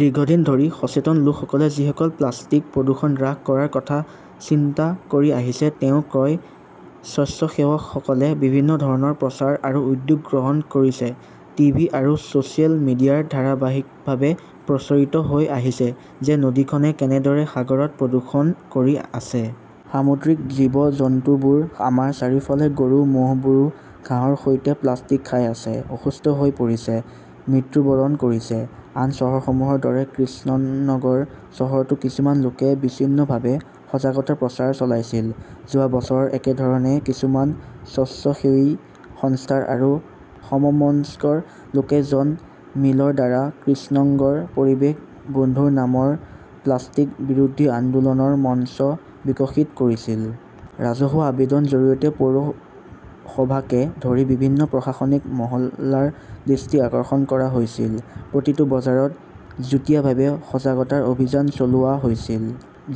দীৰ্ঘদিন ধৰি সচেতন লোকসকলে যিসকলে প্লাষ্টিকৰ প্ৰদূষণ হ্ৰাস কৰাৰ কথা চিন্তা কৰি আহিছে তেওঁ কয়, স্বেচ্ছাসেৱকসকলে বিভিন্ন ধৰণৰ প্ৰচাৰ আৰু উদ্যোগ গ্ৰহণ কৰিছে। টিভি আৰু ছ চিয়েল মিডিয়াত ধাৰাবাহিকভাৱে প্ৰচাৰিত হৈ আহিছে যে নদীখনে কেনেদৰে সাগৰত প্ৰদূষণ কৰি আছে। সামুদ্ৰিক জীৱ-জন্তুবোৰ, আমাৰ চাৰিওফালৰ গৰু-ম'হবোৰেও ঘাঁহৰ সৈতে প্লাষ্টিক খাই আছে, অসুস্থ হৈ পৰিছে, মৃত্যুবৰণ কৰিছে। আন চহৰসমূহৰ দৰে কৃষ্ণনগৰ চহৰতো কিছুমান লোকে বিচ্ছিন্নভাৱে সজাগতা প্ৰচাৰ চলাইছিল। যোৱা বছৰ একেধৰণৰ কিছুমান স্বেচ্ছাসেৱী সংস্থা আৰু সমমনস্ক লোকে জন মিলৰ দ্বাৰা 'কৃষ্ণনগৰ পৰিৱেশ বন্ধু নামৰ প্লাষ্টিক বিৰোধী আন্দোলনৰ মঞ্চ বিকশিত কৰিছিল। ৰাজহুৱা আবেদনৰ জৰিয়তে পৌৰসভাকে ধৰি বিভিন্ন প্ৰশাসনিক মহলৰ দৃষ্টি আকৰ্ষণ কৰা হৈছিল। প্ৰতিটো বজাৰত যুটীয়াভাৱে সজাগতা অভিযান চলোৱা হৈছিল,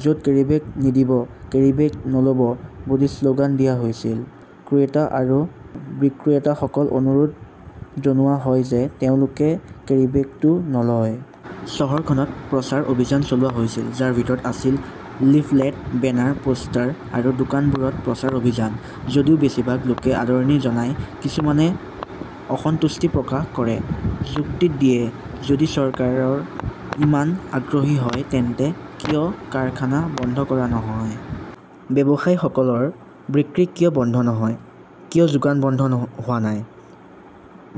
য'ত কেৰীবেগ নিদিব, কেৰীবেগ নলব, বুলি শ্লোগান দিয়া হৈছিল। ক্ৰেতা আৰু বিক্ৰেতাসকলক অনুৰোধ জনোৱা হয় যে তেওঁলোকে কেৰীবেগটো নলয় । চহৰখনত প্ৰচাৰ অভিযান চলোৱা হৈছিল, যাৰ ভিতৰত আছিল লিফলেট, বেনাৰ, পোষ্টাৰ আৰু দোকানবোৰত প্ৰচাৰ অভিযান। যদিও বেছিভাগ লোকে আদৰণি জনায়, কিছুমানে অসন্তুষ্টি প্ৰকাশ কৰে, যুক্তি দিয়ে, যদি চৰকাৰ ইমান আগ্ৰহী হয় তেন্তে কিয় কাৰখানা বন্ধ কৰা নহয়? ব্যৱসায়ীসকলৰ বিক্ৰী কিয় বন্ধ নহয়? কিয় যোগান বন্ধ হোৱা নাই?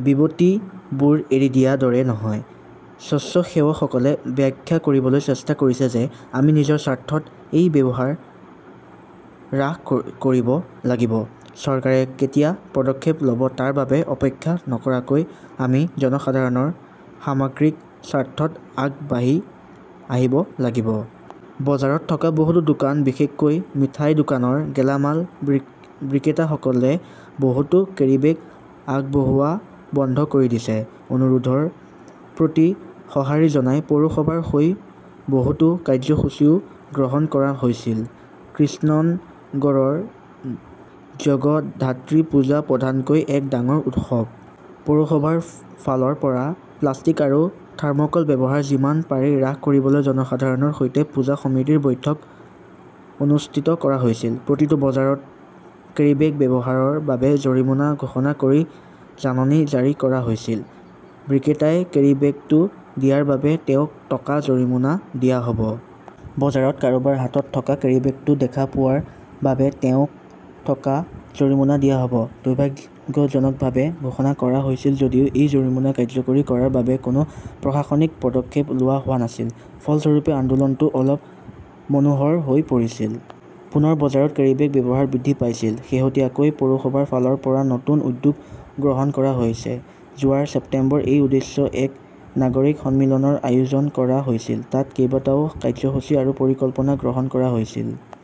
বিবৃতিবোৰ এৰি দিয়াৰ দৰে নহয়। স্বেচ্ছাসেৱকসকলে ব্যাখ্যা কৰিবলৈ চেষ্টা কৰিছে যে আমি নিজৰ স্বাৰ্থত এই ব্যৱহাৰ হ্ৰাস কৰিব লাগিব। চৰকাৰে কেতিয়া পদক্ষেপ ল'ব তাৰ বাবে অপেক্ষা নকৰাকৈ আমি জনসাধাৰণৰ সামগ্ৰিক স্বাৰ্থত আগবাঢ়ি আহিব লাগিব। বজাৰত থকা বহুতো দোকান, বিশেষকৈ মিঠাইৰ দোকানৰ গেলামাল বিক্ৰেতাসকলে বহুতো কেৰীবেগ আগবঢ়োৱা বন্ধ কৰি দিছে। অনুৰোধৰ প্ৰতি সঁহাৰি জনাই পৌৰসভাৰ হৈ বহুতো কাৰ্যসূচীও গ্ৰহণ কৰা হৈছিল। কৃষ্ণনগৰৰ জগধাত্ৰী পূজা প্ৰধানকৈ এক ডাঙৰ উৎসৱ। পৌৰসভাৰ ফালৰ পৰা প্লাষ্টিক আৰু থামৰ্কলৰ ব্যৱহাৰ যিমান পাৰি হ্ৰাস কৰিবলৈ জনসাধাৰণৰ সৈতে পূজা সমিতিৰ বৈঠক অনুষ্ঠিত কৰা হৈছিল। প্ৰতিটো বজাৰত কেৰীবেগ ব্যৱহাৰৰ বাবে জৰিমনা ঘোষণা কৰি জাননী জাৰি কৰা হৈছিল। বিক্ৰেতাই কেৰীবেগটো দিয়াৰ বাবে তেওঁক টকা জৰিমনা দিয়া হ'ব। বজাৰত কাৰোবাৰ হাতত থকা কেৰীবেগটো দেখা পোৱাৰ বাবে তেওঁক টকা জৰিমনা দিয়া হ'ব। দুৰ্ভাগ্যজনকভাৱে, ঘোষণা কৰা হৈছিল যদিও এই জৰিমনা কাৰ্যকৰী কৰাৰ বাবে কোনো প্ৰশাসনিক পদক্ষেপ লোৱা হোৱা নাছিল। ফলস্বৰূপে, আন্দোলনটো অলপ মন্থৰ হৈ পৰিছিল। পুনৰ বজাৰত কেৰীবেগৰ ব্যৱহাৰ বৃদ্ধি পাইছিল। শেহতীয়াকৈ পৌৰসভাৰ ফালৰ পৰা নতুন উদ্যোগ গ্ৰহণ কৰা হৈছে। যোৱা ছেপ্টেম্বৰত এই উদ্দেশ্যে এক নাগৰিক সন্মিলনৰ আয়োজন কৰা হৈছিল। তাত কেইবাটাও কাৰ্যসূচী আৰু পৰিকল্পনা গ্ৰহণ কৰা হৈছিল।